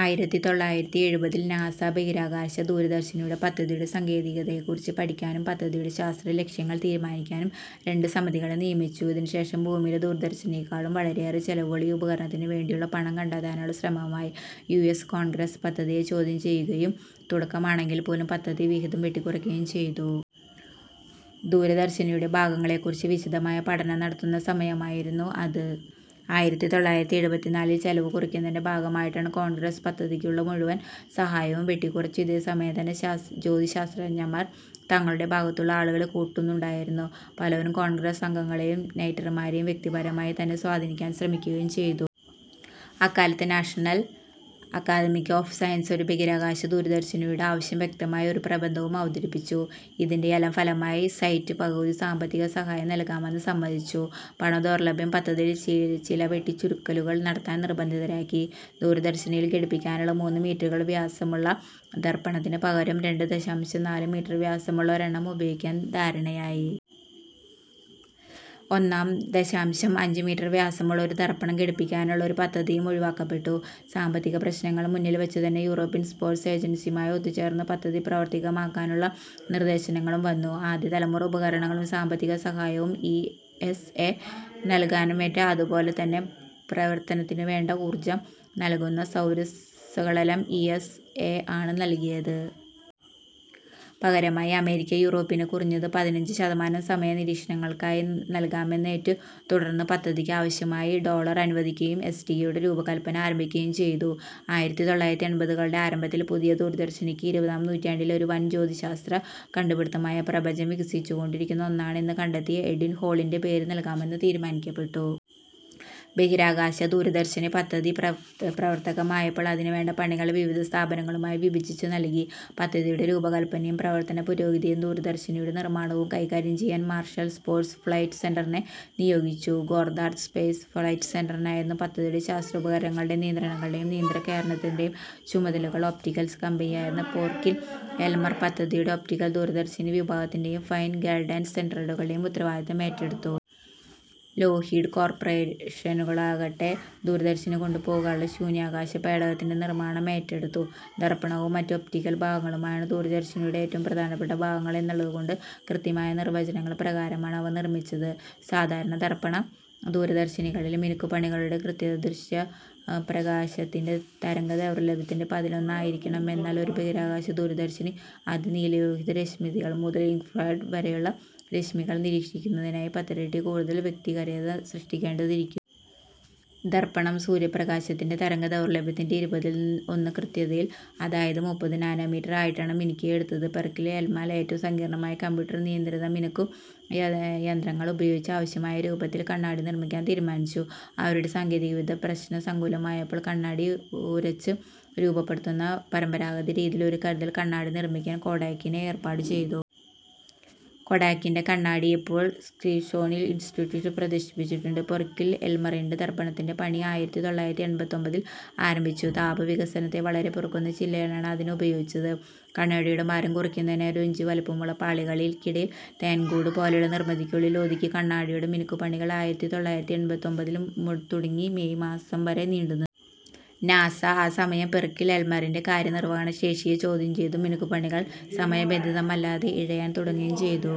ആയിരത്തി തൊള്ളായിരത്തി എഴുപതിൽ നാസ ബഹിരാകാശ ദൂരദർശിനി പദ്ധതിയുടെ സാങ്കേതികതയെക്കുറിച്ച് പഠിക്കാനും, പദ്ധതിയുടെ ശാസ്ത്രലക്ഷ്യങ്ങൾ തീരുമാനിക്കാനും രണ്ട് സമിതികളെ നിയമിച്ചു. ഇതിനുശേഷം ഭൂമിയിലെ ദൂരദർശിനിയെക്കാളും വളരെയേറെ ചെലവുള്ള ഈ ഉപകരണത്തിനുവേണ്ടിയുള്ള പണം കണ്ടെത്താനുള്ള ശ്രമമായി. യു എസ് കോൺഗ്രസ് പദ്ധതിയെ ചോദ്യം ചെയ്യുകയും, തുടക്കമാണെങ്കിൽപോലും പദ്ധതി വിഹിതം വെട്ടിക്കുറയ്ക്കുകയും ചെയ്തു. ദൂരദർശിനിയുടെ ഭാഗങ്ങളെക്കുറിച്ച് വിശദമായ പഠനം നടക്കുന്ന സമയമായിരുന്നു അത്. ആയിരത്തി തൊള്ളായിരത്തി എഴുപത്തിനാലിൽ ചെലവുകുറയ്ക്കലിൻ്റെ ഭാഗമായിട്ട് കോൺഗ്രസ് പദ്ധതിക്കുള്ള മുഴുവൻ സഹായവും വെട്ടിക്കുറച്ചു. ഇതേസമയം തന്നെ ജ്യോതിശാസ്ത്രജ്ഞർ തങ്ങളുടെ ഭാഗത്തേക്കും ആളെ കൂട്ടുന്നുണ്ടായിരുന്നു. പലരും കോൺഗ്രസ് അംഗങ്ങളെയും സെനറ്റർമാരെയും വ്യക്തിപരമായി തന്നെ സ്വാധീനിക്കാൻ ശ്രമിക്കുകയും ചെയ്തു. അക്കാലത്ത് നാഷണൽ അക്കാഡമി ഓഫ് സയൻസ് ഒരു ബഹിരാകാശ ദൂരദർശിനിയുടെ ആവശ്യം വ്യക്തമാക്കി ഒരു പ്രബന്ധവും അവതരിപ്പിച്ചു. ഇതിൻ്റെയെല്ലാം ഫലമായി സെനറ്റ് പകുതി സാമ്പത്തികസഹായം നൽകാമെന്ന് സമ്മതിച്ചു. പണദൗർലഭ്യം പദ്ധതിയിൽ ചില വെട്ടിച്ചുരുക്കലുകൾ നടത്താൻ നിർബന്ധിതമാക്കി. ദൂരദർശിനിയിൽ ഘടിപ്പിക്കാനുള്ള മൂന്ന് മീറ്റർ വ്യാസമുള്ള ദർപ്പണത്തിന് പകരം രണ്ട് ദശാംശം നാല് മീറ്റർ വ്യാസമുള്ള ഒരെണ്ണം ഉപയോഗിക്കാൻ ധാരണയായി. ഒന്ന് ദശാംശം അഞ്ച് മീറ്റർ വ്യാസമുള്ള ഒരു ദർപ്പണം ഘടിപ്പിക്കാനുള്ള ഒരു പദ്ധതിയും ഒഴിവാക്കപ്പെട്ടു. സാമ്പത്തിക പ്രശ്നങ്ങൾ മുന്നിൽ വച്ചുതന്നെ യൂറോപ്യൻ സ്പേസ് ഏജൻസിയുമായി ഒത്തുചേർന്ന് പദ്ധതി പ്രാവർത്തികമാക്കാനുള്ള നിർദ്ദേശങ്ങളും വന്നു. ആദ്യതലമുറ ഉപകരണങ്ങളും സാമ്പത്തികസഹായവും ഇ എസ് എ നൽകാമെന്നേറ്റു. അതുപോലെ തന്നെ, പ്രവർത്തനത്തിനുവേണ്ട ഊർജ്ജം നൽകുന്ന സൗരസെല്ലുകളും ഇ എസ് എ ആണ് നൽകിയത്. പകരമായി അമേരിക്ക യൂറോപ്പിന് കുറഞ്ഞത് പതിനഞ്ച് ശതമാനം സമയം നിരീക്ഷണങ്ങൾക്കായി നൽകാമെന്നേറ്റു. തുടർന്ന് പദ്ധതിക്ക് ആവശ്യമായ ഡോളർ അനുവദിക്കുകയും എസ് ടിയുടെ രൂപകല്പന ആരംഭിക്കുകയും ചെയ്തു. ആയിരത്തി തൊള്ളായിരത്തി എൺപതുകളുടെ ആരംഭത്തിൽ പുതിയ ദൂരദർശിനിക്ക്, ഇരുപതാം നൂറ്റാണ്ടിലെ ഒരു വൻ ജ്യോതിശാസ്ത്ര കണ്ടുപിടിത്തമായ "പ്രപഞ്ചം വികസിച്ചുകൊണ്ടിരിക്കുന്ന ഒന്നാണ്" എന്ന് കണ്ടെത്തിയ എഡ്വിൻ ഹബിളിൻ്റെ പേര് നൽകണമെന്ന് തീരുമാനിക്കപ്പെട്ടു. ബഹിരാകാശ ദൂരദർശിനി പദ്ധതി പ്രാവർത്തികമായപ്പോൾ, അതിനുവേണ്ട പണികൾ വിവിധ സ്ഥാപനങ്ങൾക്കായി വിഭജിച്ചു നൽകി. പദ്ധതിയുടെ രൂപകല്പനയും പ്രവർത്തനപുരോഗതിയും ദൂരദർശിനിയുടെ നിർമ്മാണവും കൈകാര്യം ചെയ്യാൻ മാർഷൽ സ്പേസ് ഫ്ലൈറ്റ് സെന്ററിനെ നിയോഗിച്ചു. ഗോദ്ദാർഡ് സ്പേസ് ഫ്ലൈറ്റ് സെന്ററിനായിരുന്നു പദ്ധതിയുടെ ശാസ്ത്രോപകരണങ്ങളുടെ നിയന്ത്രണങ്ങളുടെയും നിയന്ത്രണകേന്ദ്രത്തിൻ്റെയും ചുമതലകൾ. ഒപ്റ്റിക്സ് കമ്പനിയായിരുന്ന പെർക്കിൻ-എൽമർ പദ്ധതിയുടെ ഒപ്റ്റിക്കൽ ദൂരദർശിനി വിഭാഗത്തിൻ്റെയും ഫൈൻ ഗൈഡൻസ് സെൻസറുകളുടെയും ഉത്തരവാദിത്തം ഏറ്റെടുത്തു. ലോക്ഹീഡ് കോർപ്പറേഷനാകട്ടെ ദൂരദർശിനി കൊണ്ടുപോകാനുള്ള ശൂന്യാകാശ പേടകത്തിൻ്റെ നിർമ്മാണം ഏറ്റെടുത്തു. ദർപ്പണവും മറ്റ് ഒപ്റ്റിക്കൽ ഭാഗങ്ങളുമാണ് ദൂരദർശിനിയുടെ ഏറ്റവും പ്രധാന ഭാഗങ്ങൾ എന്നുള്ളതുകൊണ്ട്, കൃത്യമായ നിർവ്വചനങ്ങൾ പ്രകാരമാണ് അവ നിർമ്മിച്ചത്. സാധാരണ ദർപ്പണ ദൂരദർശിനികളിലെ മിനുക്കുപണികളുടെ കൃത്യത ദൃശ്യപ്രകാശത്തിൻ്റെ തരംഗദൈർഘ്യത്തിൻ്റെ പത്തിലൊന്ന് ആയിരിക്കണം. എന്നാൽ ഒരു ബഹിരാകാശ ദൂരദർശിനി, അതിനീലലോഹിത രശ്മികൾ മുതൽ ഇൻഫ്രാറെഡ് വരെയുള്ള രശ്മികൾ നിരീക്ഷിക്കുന്നതിനാൽ പത്തിരട്ടി കൂടുതൽ വ്യതിരിക്തത സൃഷ്ടിക്കേണ്ടതുണ്ടായിരുന്നു. ദർപ്പണം ദൃശ്യപ്രകാശത്തിൻ്റെ തരംഗദൈർഘ്യത്തിൻ്റെ ഇരുപതിൽ ഒന്ന് കൃത്യതയിൽ, അതായത് മുപ്പത് നാനോമീറ്റർ ആയിട്ടാണ് മിനുക്കിയെടുത്തത്. പെർക്കിൻ-എൽമർ ഏറ്റവും സങ്കീർണ്ണമായ കമ്പ്യൂട്ടർ നിയന്ത്രിത മിനുക്കു യന്ത്രങ്ങൾ ഉപയോഗിച്ച് ആവശ്യമായ രൂപത്തിൽ കണ്ണാടി നിർമ്മിക്കാൻ തീരുമാനിച്ചു. അവരുടെ സാങ്കേതികവിദ്യ പ്രശ്നസങ്കുലമായപ്പോൾ, കണ്ണാടി ഉരച്ച് രൂപപ്പെടുത്തുന്ന പരമ്പരാഗത രീതിയിൽ ഒരു കരുതൽ കണ്ണാടി നിർമ്മിക്കാൻ കൊഡാക്കിനെ ഏർപ്പാട് ചെയ്തു. കൊടക്കിൻകണ്ണാടി ഇപ്പോൾ സ്മിത്സോണിയൻ ഇൻസ്റ്റിറ്റ്യൂഷനിൽ പ്രദർശിപ്പിച്ചിട്ടുണ്ട്. പെർക്കിൻ-എൽമറിൻ്റെ ദർപ്പണത്തിൻ്റെ പണി ആയിരത്തി തൊള്ളായിരത്തി എഴുപത്തൊൻപതിൽ ആരംഭിച്ചു. താപവികാസത്തെ വളരെ ചെറുക്കുന്ന ചില്ലാണ് അതിനുപയോഗിച്ചത്. കണ്ണാടിയുടെ ഭാരം കുറയ്ക്കുന്നതിനായി ഒരിഞ്ച് വലിപ്പമുള്ള പാളികൾക്കിടയിൽ തേൻകൂട് പോലുള്ള നിർമ്മിതിക്കുള്ളിൽ ഒതുക്കി. കണ്ണാടിയുടെ മിനുക്കുപണികൾ ആയിരത്തി തൊള്ളായിരത്തി എഴുപത്തൊൻപതിൽ തുടങ്ങി മേയ് മാസം വരെ നീണ്ടുനിന്നു. നാസ ആ സമയം പെർക്കിൻ എൽമറിൻ്റെ കാര്യനിർവ്വഹണ ശേഷിയെ ചോദ്യം ചെയ്തു. മിനുക്കുപണികൾ സമയബന്ധിതമല്ലാതെ ഇഴയാൻ തുടങ്ങുകയും ചെയ്തു.